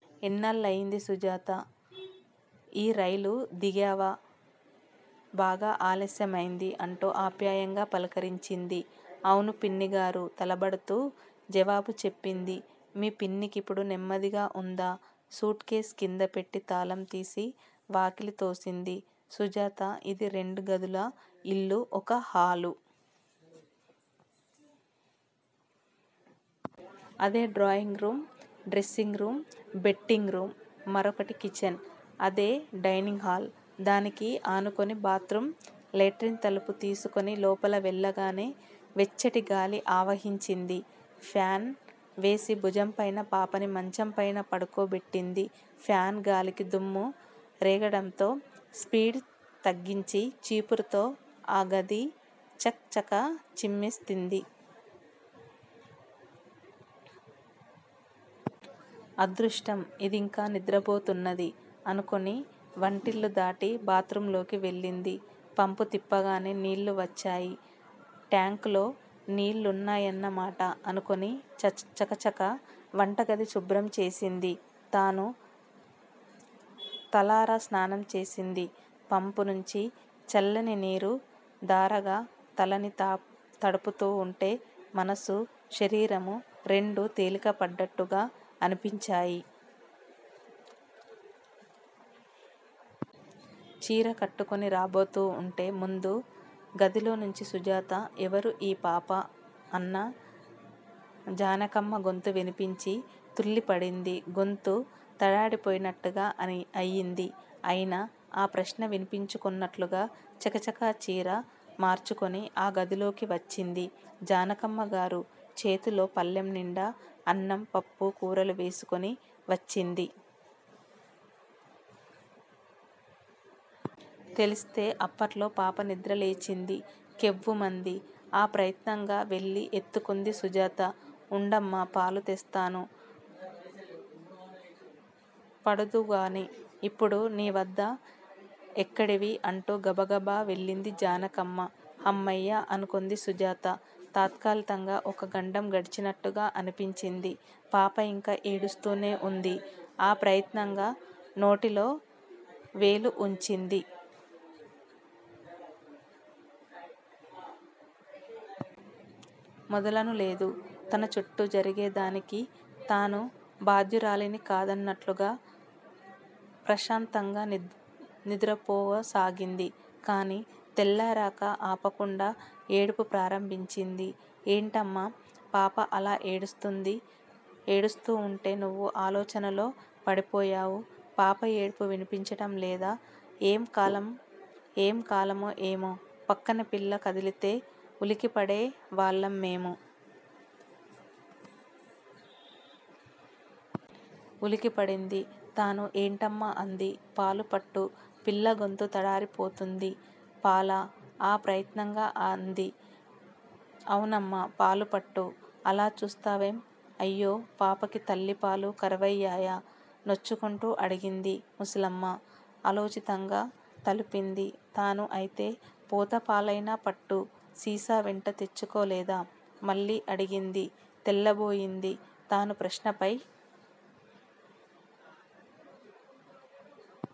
ఎన్నాళ్ళయింది సుజాతా! ఈ రైలు దిగావా! బాగా ఆలస్యమైంది! అంటూ ఆప్యాయంగా పలుకరించింది. అవును పిన్నిగారూ! తడబడుతూ జవాబు చెప్పింది. మీ పిన్ని కిపుడు నెమ్మదిగా వుందా! సూట్ కేస్ క్రిందిపేట్టి తాళం తీసి, వాకిలి. తోసింది సుజాత. అది రెండుగదుల యిల్లు. ఒక హాలు. అదే drawing room, dressing room, bedding room, మరోకటి కిచన్. అదే డైనింగ్ హాలు! దానికి అనుకుని బాత్రూం లెట్రిన్. తలుపు తీసుకుని లోపలి వెళ్ళగానే వెచ్చటిగాలి ఆవహించింది. ఫ్యాన్ వేసి. భుజంపైన పాపని మంచపైన పడుకోబెట్టింది. ఫ్యాన్ గాలికి దుమ్ము రేగటంలో స్పీడ్ తగ్గించి, చీపురుతో ఆ గది చక్ చకా చిమ్మేసింది. అదృష్టం యిదింకా నిదరపోతున్నది! అనుకుని వంటిల్లు దాటి బాత్ రూంలోకి వెళ్ళింది. పంపు తిప్పగానే నీళ్ళు వచ్చాయి. టాంక్ లో నీళ్ళున్నాయన్నమాట! అనుకుని చకచకా వంటగది శుభ్రం చేసింది. తను తలారా స్నానం చేసింది. పంపు నుంచి చల్లని నీరు ధారగా తలని తడుపుతు వుంటే మనస్సు శరీరం రెండూ తేలిక పడ్డట్టుగా అనిపించాయి. చీరచుట్టుకుని రాబోతూ వుంటే ముందు గదిలోనుంచి సుజాత! ఎవరు యీ పాపా? అన్న జనకమ్మ గొంతు వినిపించి తుళ్ళి పడింది. గొంతు తడారిపోయినట్లుగా అయింది. అయినా ఆ ప్రశ్న వినిపించుకొనట్లుగా చకచకా చీర మార్చుకుని ఆ గదిలోకి వచ్చింది. జానకమ్మగారు చేతిలో పళ్ళెం నిండా అన్నం, పప్పు, కూరలు వేసుకుని వచ్చింది. తెలిస్తే అప్పట్లో పాప నిద్ర లేచి కెవ్వుమంది. అప్రయత్నంగా వెళ్ళిఎత్తుకుంది సుజాత. ఉండమ్మా! పాలు తెస్తాను. పడుదువుగానీ, ఇప్పుడు నీ వద్ద ఎక్కడివి? అంటూ గబగబా వెళ్ళింది జానకమ్మ. హమ్మయ్య! అనుకుంది సుజాత. తాత్కాలికంగా ఒక గండం గడిచినట్ట్లుగా అనిపించింది. పాపయింకా ఏడుస్తూనే వుంది. ఆప్రయత్నంగా నోటిలో వేలు వుంచింది. మోదలనూ లేదు. తనచుట్టూ జరిగే దానికి తను బాధ్యురాలీని కాదన్నట్టుగా ప్రశాంతంగా నిదురపోసాగింది. కానీ తెల్లారాక ఆపకుండా ఏడుపు ప్రారంభించింది. ఏంటమ్మా! పాప అలా ఏడుస్తూ వుంటే నువ్వు ఆలోచనలో పడిపోయావు! పాప ఏడుపు వినిపించటం లేదా! ఎం కాలమో ఏమో! పక్కన పిల్ల కదిలితే ఉలికిపడే వాళ్ళం మేము! ఉలికి పడింది తను. ఏంటమ్మా అది. పాలు పట్టు __పిల్ల గొంతు తడారి పోతుంది! పాలా! ఆ ప్రయత్నంగా అంది. అవునమ్మా పాలు పట్టు! అలా చూస్తావేం? అయ్యో పాపకి తల్లి పాలు కరువయ్యాయా! నొచ్చుకుంటూ అడిగింది ముసలమ్మ. అనాలోచితంగా తలూపింది తను. అయితే పోత పాలయినా పట్టు! సీసా వెంట తెచ్చుకాలేదా? మళ్ళీ అడిగింది. తెల్లబోయింది తను. ప్రశ్నపై